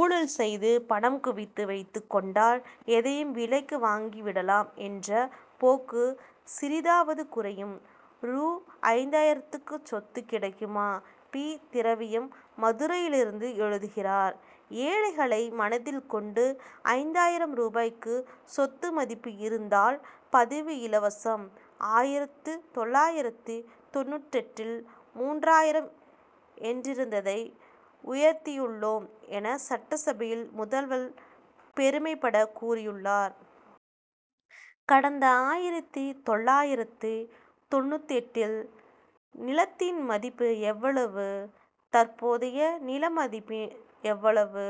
ஊழல் செய்து பணம் குவித்து வைத்துக் கொண்டால் எதையும் விலைக்கு வாங்கி விடலாம் என்ற போக்கு சிறிதாவது குறையும். ரூ. ஐந்தாயிரத்துக்கு சொத்து கிடைக்குமா? பி. திரவியம் மதுரையிலிருந்து எழுதுகிறார் ஏழைகளை மனதில் கொண்டு ஐந்தாயிரம் ரூபாய்க்கு சொத்து மதிப்பு இருந்தால் பதிவு இலவசம் ஆயிரத்து தொள்ளாயிரத்து தொண்ணூற்றெட்டில் மூன்றாயிரம் என்றிருந்ததை உயர்த்தியுள்ளோம் என சட்டசபையில் முதல்வர் பெருமைபட கூறியுள்ளார். கடந்த ஆயிரத்து தொள்ளாயிரத்து தொண்ணூற்றெட்டில் நிலத்தின் மதிப்பு எவ்வளவு தற்போதைய நிலத்தின் மதிப்பு எவ்வளவு?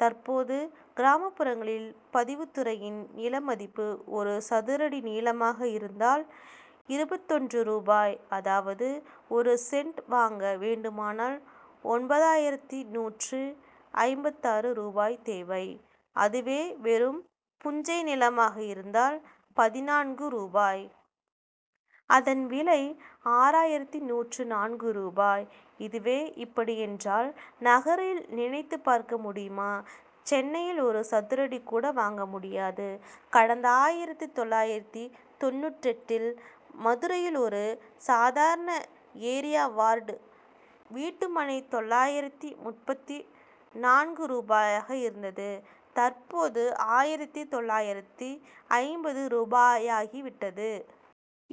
தற்போது கிராமப்புறங்களில் பதிவுத்துறையின் நில மதிப்பு ஒரு சதுரடி நிலமாக இருந்தால் இருபத்தொன்று ரூபாய். அதாவது ஒரு சென்ட் வாங்க வேண்டுமானால் ஒன்பதாயிரத்து நூற்று ஐம்பத்தாறு ரூபாய் தேவை. அதுவே வெறும் புஞ்சை நிலமாக இருந்தால் பதினான்கு ரூபாய். அதன் விலை ஆறாயிரத்து நூற்று நான்கு ரூபாய். இதுவே இப்படி என்றால் நகரில் நினைத்து பார்க்க முடியுமா? சென்னையில் ஒரு சதுரடி கூட வாங்க முடியாது. கடந்த ஆயிரத்து தொள்ளாயிரத்து தொண்ணூற்றெட்டில் மதுரையில் ஒரு சாதாரண ஏரியா வார்டு வீட்டுமனை தொள்ளாயிரத்து முப்பத்து நான்கு ரூபாயாக இருந்தது தற்போது ஆயிரத்து தொள்ளாயிரத்து ஐம்பது ரூபாயாகி விட்டது.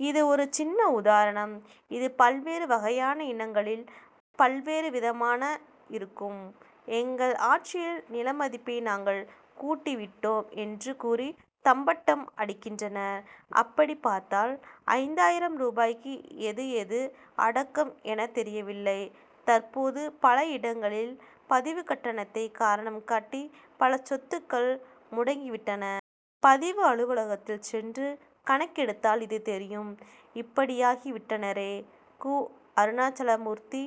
இது ஒரு சின்ன உதாரணம். இது பல்வேறு வகையான இனங்களில் பல்வேறு விதமாக இருக்கும். எங்கள் ஆட்சியில் நிலமதிப்பை நாங்கள் கூட்டி விட்டோம் என்று கூறி தம்பட்டம் அடிக்கின்றனர். அப்படி பார்த்தால் ஐந்தாயிரம் ரூபாய்க்கு எது எது அடக்கம் என்று தெரியவில்லை. தற்போது பல இடங்களில் பதிவுக்கட்டணத்தை காரணம் காட்டி பல சொத்துக்கள் முடங்கி விட்டன. பதிவு அலுவலகத்தில் சென்று கணக்கெடுத்தால் இது தெரியும். இப்படியாகி விட்டனரே! கு. அருணாச்சலமூர்த்தி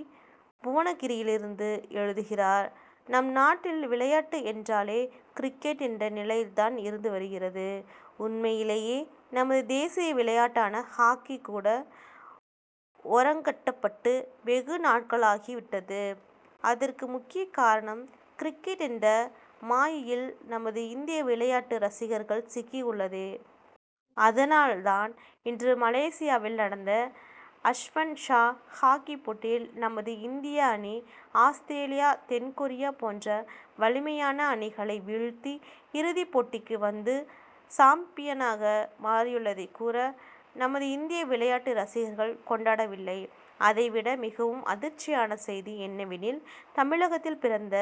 புவனகிரியிலிருந்து எழுதுகிறார் நம் நாட்டில் விளையாட்டு என்றாலே கிரிக்கெட் என்ற நிலைதான் இருந்து வருகிறது. உண்மையிலேயே நமது தேசிய விளையாட்டான ஹாக்கி கூட ஓரங்கட்டப்பட்டு வெகு நாட்களாகி விட்டது. அதற்கு முக்கிய காரணம் கிரிக்கெட் என்ற மாயையில் நமது இந்திய விளையாட்டு ரசிகர்கள் சிக்கி உள்ளதே. அதனால் தான் இன்று மலேசியாவில் நடந்த அஸ்வன் ஷா ஹாக்கி போட்டியில் நமது இந்திய அணி ஆஸ்திரேலியா தென் கொரியா போன்ற வலிமையான அணிகளை வீழ்த்தி இறுதிப் போட்டிக்கு வந்து சாம்பியனாக மாறியுள்ளதை கூட நமது இந்திய விளையாட்டு ரசிகர்கள் கொண்டாடவில்லை. அதைவிட மிகவும் அதிர்ச்சியான செய்தி என்னவெனில் தமிழகத்தில் பிறந்த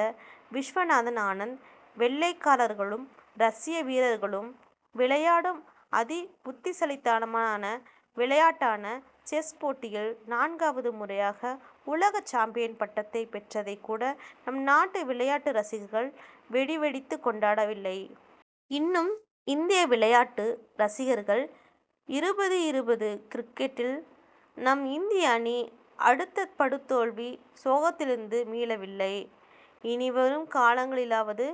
விஸ்வநாதன் ஆனந்த் வெள்ளைக்காரர்களும் ரஷ்ய வீரர்களும் விளையாடும் அதி புத்திசாலித்தனமான விளையாட்டான செஸ் போட்டியில் நான்காவது முறையாக உலக சாம்பியன் பட்டத்தை பெற்றதைக் கூட நம் நாட்டு விளையாட்டு ரசிகர்கள் வெடி வெடித்து கொண்டாடவில்லை. இன்னும் இந்திய விளையாட்டு ரசிகர்கள் இருபது இருபது கிரிக்கெட்டில் நம் இந்திய அணி அடைந்த படுதோல்வி சோகத்திலிருந்து மீளவில்லை. இனிவரும் காலங்களிலாவது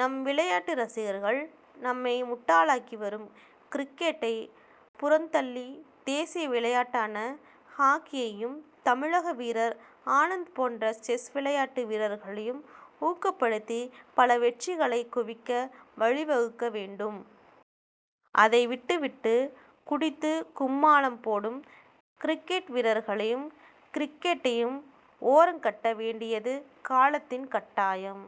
நம் விளையாட்டு ரசிகர்கள் நம்மை முட்டாளாக்கி வரும் கிரிக்கெட்டை புறந்தள்ளி தேசிய விளையாட்டான ஹாக்கியையும் தமிழக வீரர் ஆனந்த் போன்ற செஸ் விளையாட்டு வீரர்களையும் ஊக்கப்படுத்தி பல வெற்றிகளை குவிக்க வழிவகுக்க வேண்டும். அதைவிட்டு விட்டு குடித்து கும்மாளம் போடும் கிரிக்கெட் வீரர்களையும் கிரிக்கெட்டையும் ஓரங்கட்ட வேண்டியது காலத்தின் கட்டாயம்.